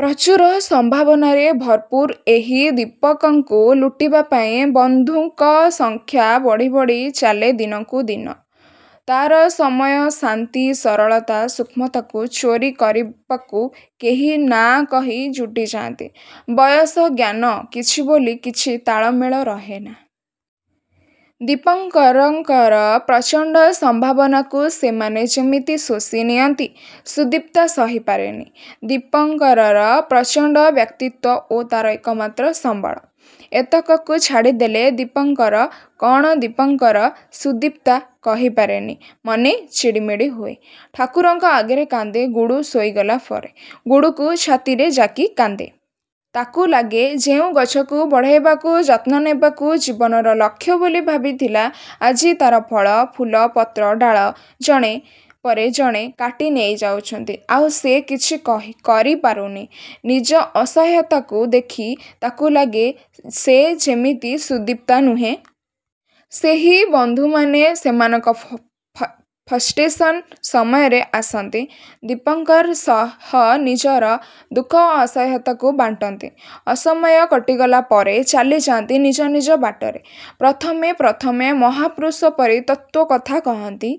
ପ୍ରଚୁର ସଂଭାବନାରେ ଭରପୁର ଏହି ଦୀପଙ୍କକୁ ଲୁଟିବା ପାଇଁ ବଂଧୁଙ୍କ ସଂଖ୍ୟା ବଢ଼ି ବଢ଼ି ଚାଲେ ଦିନକୁ ଦିନ। ତା'ର ସମୟ, ଶାନ୍ତି, ସରଳତା, ସୂକ୍ଷ୍ମତାକୁ ଚୋରି କରିବାକୁ କେହ ନା କହି ଯୁଟିଯାନ୍ତି। ବୟସ, ଜ୍ଞାନ କିଛି ବୋଲି କିଛି ତାଳ ମେଳ ରହେନା। ଦୀପଙ୍କରର ପ୍ରଚଣ୍ଡ ସଂଭାବନାକୁ ସେମାନେ ଯେମିତି ଶୋଷି ନିଅନ୍ତି। ସୁଦିପ୍ତା ସହିପାରେନି। ଦୀପଙ୍କରର ପ୍ରଚଣ୍ଡ ବ୍ୟକ୍ତିତ୍ୱ ଓ ତା'ର ଏକମାତ୍ର ସମ୍ବଳ। ଏତକକୁ ଛାଡ଼ିଦେଲେ ଦୀପଙ୍କର କ'ଣ ଦପୀଙ୍କର! ସୁଦିପ୍ତା କହିପାରେନି, ମନେ ଚିଡ଼ିମିଡ଼ି ହୁଏ। ଠାକୁରଙ୍କ ଆଗରେ କାନ୍ଦେ ଗୁଡୁ ଶୋଇଗଲାପରେ। ଗୁଡୁକୁ ଛାତିରେ ଜାକି କାନ୍ଦେ। ତାକୁ ଲାଗେ ଯେଉଁ ଗଛକୁ ବଢ଼ାଇବାକୁ ଯତ୍ନ ନେବାକୁ ଜୀବନର ଲକ୍ଷ୍ୟ ବୋଲି ଭାବିଥିଲା ଆଜି ତା'ର ଫଳ, ଫୁଲ, ପତ୍ର, ଡାଳ, ଜଣେ ପରେ ଜଣେ କାଟି ନେଇଯାଉଛନ୍ତି। ଆଉ ସେ କିଛି କରିପାରୁନି। ନିଜ ଅସହାୟତାକୁ ଦେଖି ତାକୁ ଲାଗେ ସେ ଯେମିତି ସୁଦିପ୍ତା ନୁହେଁ...। ସେହି ବଂଧୁମାନେ ସେମାନଙ୍କ ଫଷ୍ଟେସନ ସମୟରେ ଆସନ୍ତି। ଦିପଙ୍କର ସହ ନିଜର ଦୁଃଖ ଅସହାୟତାକୁ ବାଣ୍ଟନ୍ତି।। ଅସମୟ କଟିଗଲାପରେ ଚାଲିଯାନ୍ତି ନିଜ ନିଜ ବାଟରେ। ପ୍ରଥମେ ପ୍ରଥମେ ମହାପୁରୁଷ ପରି ତତ୍ତ୍ୱକଥା କହନ୍ତି,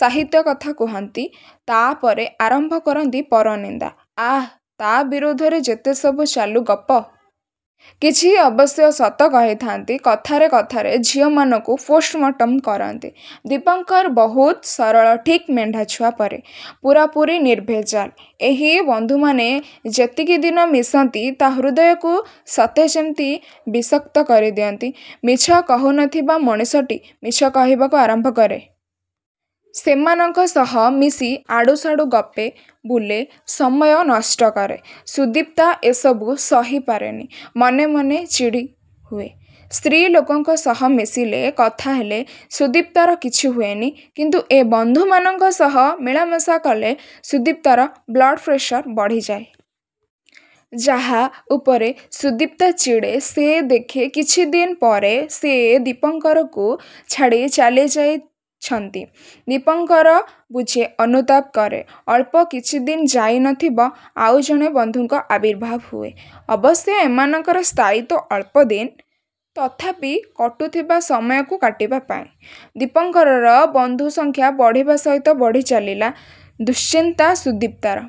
ସାହିତ୍ୟ କଥା କହନ୍ତି, ତା'ପରେ ଆରମ୍ଭ କରନ୍ତି ପରନିନ୍ଦା, ଆ' ତା' ବିରୁଦ୍ଧରେ ଯେତେସବୁ ଚାଲୁଗପ। କିଛି ଅବଶ୍ୟ ସତ କହିଥାନ୍ତି। କଥାରେ କଥାରେ ଝିଅମାନଙ୍କୁ ପୋଷ୍ଟମର୍ଟମ କରନ୍ତି। ଦୀପଙ୍କର ବହୁତ ସରଳ ଠିକ୍ ମେଣ୍ଢା ଛୁଆପରି। ପୁରାପୁରି ନିର୍ଭେଜାଲ। ଏହି ବଂଧୁମାନେ ଯେତିକି ଦିନ ମିଶନ୍ତି ତା' ହୃଦୟକୁ ସତେ ଯେମିତି ବିଷକ୍ତ କରିଦିଅନ୍ତି-। ମିଛ କହୁନଥିବା ମଣିଷଟି ମିଛ କହିବାକୁ ଆରମ୍ଭ କରେ। ସେମାନଙ୍କ ସହ ମିଶି ଆଡ଼ୁସାଡ଼ୁ ଗପେ, ବୁଲେ, ସମୟ ନଷ୍ଟ କରେ। ସୁଦିପ୍ତା ଏସବୁ ସହିପାରେନି ମନେ ମନେ ଚିଡ଼ି ହୁଏ। ସ୍ତ୍ରୀ ଲୋକଙ୍କ ସହ ମିଶିଲେ, କଥାହେଲେ ସୁଦିପ୍ତାର କିଛି ହୁଏନି କିନ୍ତୁ ଏ ବଂଧୁମାନଙ୍କ ସହ ମିଳାମିଶା କଲେ ସୁଦିପ୍ତାର ବ୍ଲଡ଼ ପ୍ରେସର ବଢ଼ିଯାଏ। ଯାହା ଉପରେ ସୁଦିପ୍ତା ଚିଡ଼େ ସେ ଦେଖେ କିଛି ଦିନପରେ ସେ ଦୀପଙ୍କରକୁ ଛାଡ଼ି ଚାଲିଯାଇଛନ୍ତି। ଦୀପଙ୍କର ବୁଝେ ଅନୁତାପ କରେ। ଅଳ୍ପ କିଛିଦିନ ଯାଇନଥିବ ଆଉଜଣେ ବଂଧୁଙ୍କ ଆବିର୍ଭାବ ହୁଏ। ଅବଶ୍ୟ ଏମାନଙ୍କର ସ୍ଥାୟିତ୍ୱ ଅଳ୍ପଦିନ। ତଥାପି କଟୁଥିବା ସମୟକୁ କାଟିବା ପାଇଁ। ଦୀପଙ୍କରର ବଂଧୁଙ୍କ ସଂଖ୍ୟା ବଢ଼ିବା ସହିତ ବଢ଼ିଚାଲିଲା ଦୁଶ୍ଚିନ୍ତା ସୁଦିପ୍ତାର।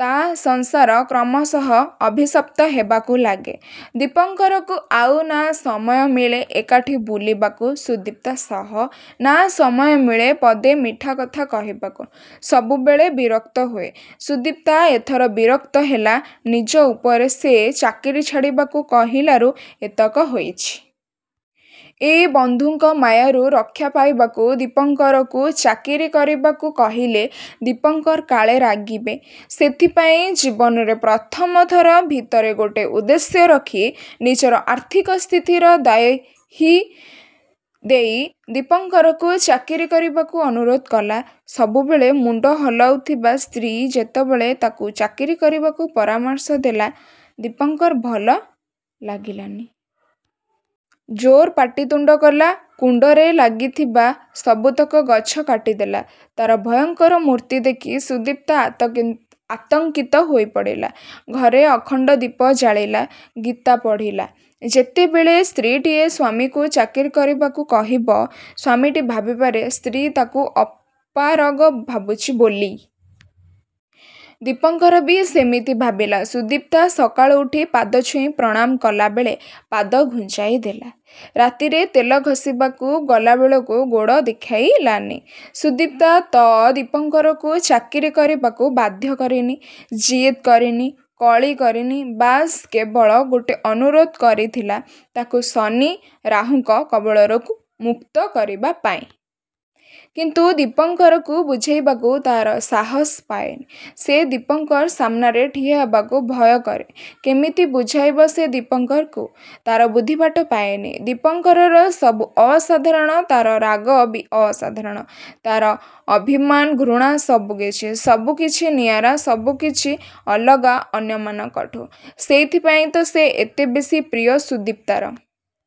ତା' ସଂସାର କ୍ରମଶଃ ଅଭିଶପ୍ତ ହେବାକୁ ଲାଗେ। ଦିପଙ୍କରକୁ ଆଉ ନା ସମୟ ମିଳେ ଏକାଠି ବୁଲିବାକୁ ସୁଦିପ୍ତା ସହ, ନା ସମୟ ମଳେ ପଦେ ମିଠା କଥା କହିବାକୁ। ସବୁବେଳେ ବିରକ୍ତ ହୁଏ। ସୁଦିପ୍ତା ଏଥର ବିରକ୍ତ ହେଲା ନିଜ ଉପରେ ସେ ଚାକିରି ଛାଡ଼ିବାକୁ କହିଲାରୁ ଏତକ ହୋଇଛି। ଏ ବଂଧୁଙ୍କ ମାୟାରୁ ରକ୍ଷା ପାଇବାକୁ ଦୀପଙ୍କରକୁ ଚାକିରୀ କରିବାକୁ କହିଲେ ଦୀପଙ୍କର କାଳେ ରାଗିବେ। ସେଥିପାଇଁ ଜୀବନରେ ପ୍ରଥମ ଥର ଭିତରେ ଗୋଟେ ଉଦ୍ଦେଶ୍ୟ ରଖି ନିଜର ଆର୍ଥିକ ସ୍ଥିତିର ଦ୍ୱାହିଦେଇ ଦୀପଙ୍କରକୁ ଚାକିରୀ କରିବାକୁ ଅନୁରୋଧ କଲା। ସବୁବେଳେ ମୁଣ୍ଡ ହଲଉଥିବା ସ୍ତ୍ରୀ ଯେତେବେଳେ ତାକୁ ଚାକିରୀ କରିବାକୁ ପରାମର୍ଶ ଦେଲା ଦୀପଙ୍କର ଭଲ ଲାଗିଲାନି। ଜୋର ପାଟିତୁଣ୍ଡ କଲା। କୁଣ୍ଡରେ ଲାଗିଥିବା ସବୁତକ ଗଛ କାଟି ଦେଲା। ତା'ର ଭୟଙ୍କର ମୂର୍ତ୍ତି ଦେଖି ସୁଦିପ୍ତା ଆତଙ୍କିତ ହୋଇପଡ଼ିଲା। ଘରେ ଅଖଣ୍ଡ ଦୀପ ଜାଳିଲା, ଗୀତା ପଢ଼ିଲା। ଯେତେବେଳେ ସ୍ତ୍ରୀଟିଏ ସ୍ୱାମୀକୁ ଚାକିରି କରିବାକୁ କହିବ, ସ୍ୱାମୀଟି ଭାବିପାରେ ସ୍ତ୍ରୀ ତାକୁ ଅପାରଗ ଭାବୁଛି ବୋଲି! ଦୀପଙ୍କର ବି ସେମିତି ଭାଗିଲା। ସୁଦିପ୍ତା ସକାଳୁ ଉଠି ପାଦଛୁଇଁ ପ୍ରଣାମ କଲାବେଳେ ପାଦ ଘୁଞ୍ଚାଇ ଦେଲା। ରାତିରେ ତେଲ ଘଷିବାକୁ ଗଲାବେଳକୁ ଗୋଡ଼ ଦେଖାଇଲାନି। ସୁଦିପ୍ତା ତ ଦୀପଙ୍କରକୁ ଚାକିରି କରିବାକୁ ବାଧ୍ୟ କରିନି, ଜିଦ୍ କରିନି, କଳି କରିନି, ବାସ୍ କେବଳ ଗୋଟେ ଅନୁରୋଧ କରିଥିଲା ତାକୁ ଶନି, ରାହୁଙ୍କ କବଳରୁ ମୁକ୍ତ କରିବା ପାଇଁ। କିନ୍ତୁ ଦୀପଙ୍କରକୁ ବୁଝାଇବାକୁ ତା'ର ସାହସ ପାଏନି। ସେ ଦୀପଙ୍କର ସାମ୍ନାରେ ଠିଆ ହେବାକୁ ଭୟ କରେ। କେମିତି ବୁଝାଇବ ସେ ଦୀପଙ୍କରକୁ ତା'ର ବୁଦ୍ଧିବାଟ ପାଏନି। ଦୀପଙ୍କରର ସବୁ ଅସାଧାରଣ ତା'ର ରାଗ ବି ଅସାଧାରଣ ତା'ର ଅଭିମାନ, ଘୃଣା ସବୁକିଛି। ସବୁକିଛି ନିଆରା ସବୁକିଛି ଅଲଗା ଅନ୍ୟମାନଙ୍କଠୁଁ ସେଇଥିପାଇଁ ତ ସେ ଏତେବେଶୀ ପ୍ରିୟ ସୁଦିପ୍ତାର।